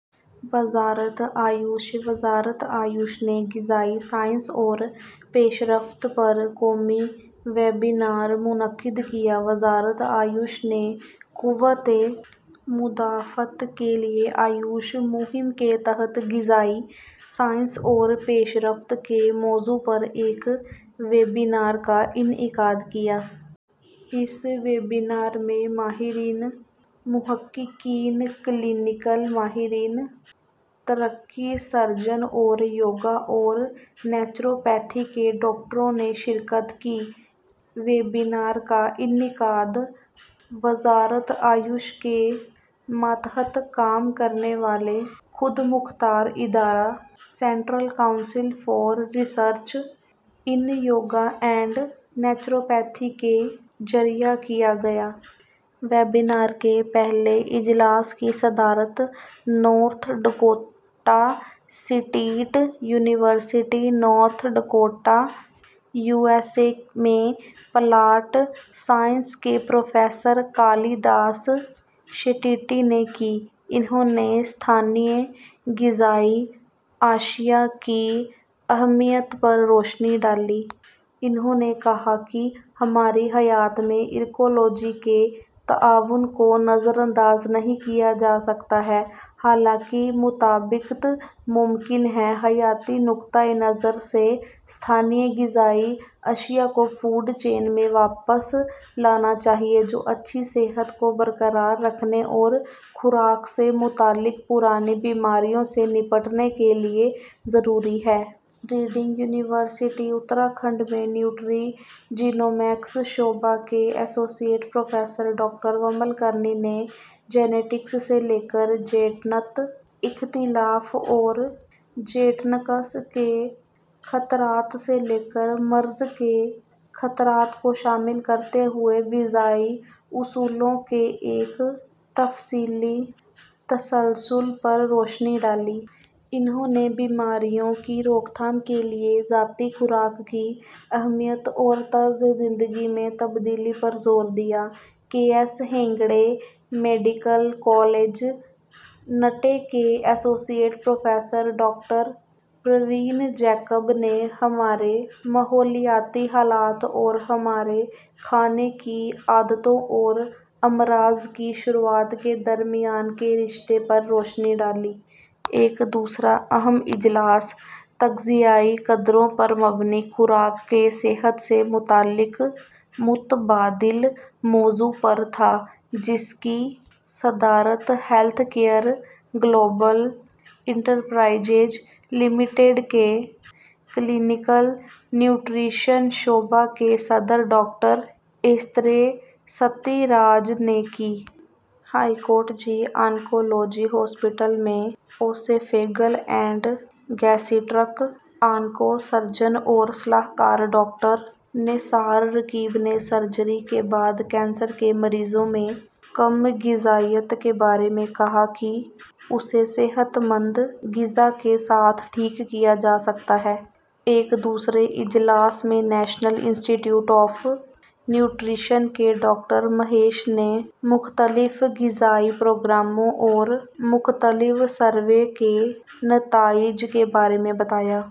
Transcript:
وزارت آیوش وزارت آیوش نے غذائی سائنس اور پیش رفت پر قومی ویبنار منعقد کیا وزارت آیوش نے '' قوت مدافعت کے لئے آیوش'' مہم کے تحت غذائی سائنس اور پیش رفت کے موضوع پر ایک ویبنار کا انعقاد کیا۔ اس ویبنار میں ماہرین، محققین کلینکل ماہرین تغذیہ، سرجن اور یوگا اورنیچروپیتھی کے ڈاکٹروں نے شرکت کی۔ ویبنار کا انعقاد وزارت آیوش کے ماتحت کام کرنے والے خود مختار ادارہ central council for research in yoga and نیچرو پیتھی کے ذریعہ کیاگیا۔ ویبنار کے پہلے اجلاس کی صدارت North Dakota state university, North Dakota, U S A میں پلانٹ سائنس کے پروفیسر کالی داس شیٹی نے کی۔ انہوں نے مقامی غذائی اشیاء کی اہمیت پر روشنی ڈالی۔ انہوں نے کہا کہ ہماری حیات میں ایکو لوجی کے تعاون کو نظر انداز نہیں کیا جاسکتا ہے ، حالانکہ مطابقت ممکن ہے۔ حیاتیاتی نقطہ نظر سے مقامی غذائی اشیاء کو فوڈ چین میں واپس لانا چاہئے جو اچھی صحت کو برقرار رکھنے اور خوراک سے متعلق پرانی بیماریوں سے نمٹنے کے لئے ضروری ہے۔ ریڈنگ یونیورسٹی، یو کے میں نیوٹری جینومکس شعبہ کے associate professor doctor Vimal Karani نےجینٹکس سے لے کر جیٹنک اختلاف اور جیٹنکس کے خطرات سے لے کر مرض کے خطرات کو شامل کرتے ہوئے غذائی اصولوں کے ایک تفصیلی تسلسل پر روشنی ڈالی۔ انہوں نے بیماریوں کی روک تھام کے لئے ذاتی خوراک کی اہمیت اور طرز زندگی میں تبدیلی پر زور دیا۔ K S Hegde Medical College, Nitte کے associate professor doctor Praveen Jacob نے ہمارے ماحولیاتی حالات اور ہمارے کھانے کی عادتوں اور امراض کی شروعات کے درمیان کے رشتے پر روشنی ڈالی۔ ایک دوسرا اہم اجلاس'' تغذئی قدروں پر مبنی خوراک کے صحت سے متعلق متبادل '' موضوع پر تھا جس کی صدارت health care global enterprises limited کے کلینکل یوٹریشن شعبہ کے صدر ڈاکٹر ایسترے ستھی راج نے کی۔ H C G oncology hospital میں oesophageal and gastric onco surgeon اور صلاح کار ڈاکٹر نیسارگیکر نے سرجی کے بعد کینسر کے مریضوں میں کم غذائیت کے بارے میں کہا کہ اسے صحت بخش غذا کے ساتھ ٹھیک کیا جاسکتا ہے۔ ایک دوسرے اجلاس میں National Institute of Nutrition کے ڈاکٹر مہیش نے مختلف غذائی پروگراموں اور مختلف سروے کے نتائج کے بارے میں بتایا۔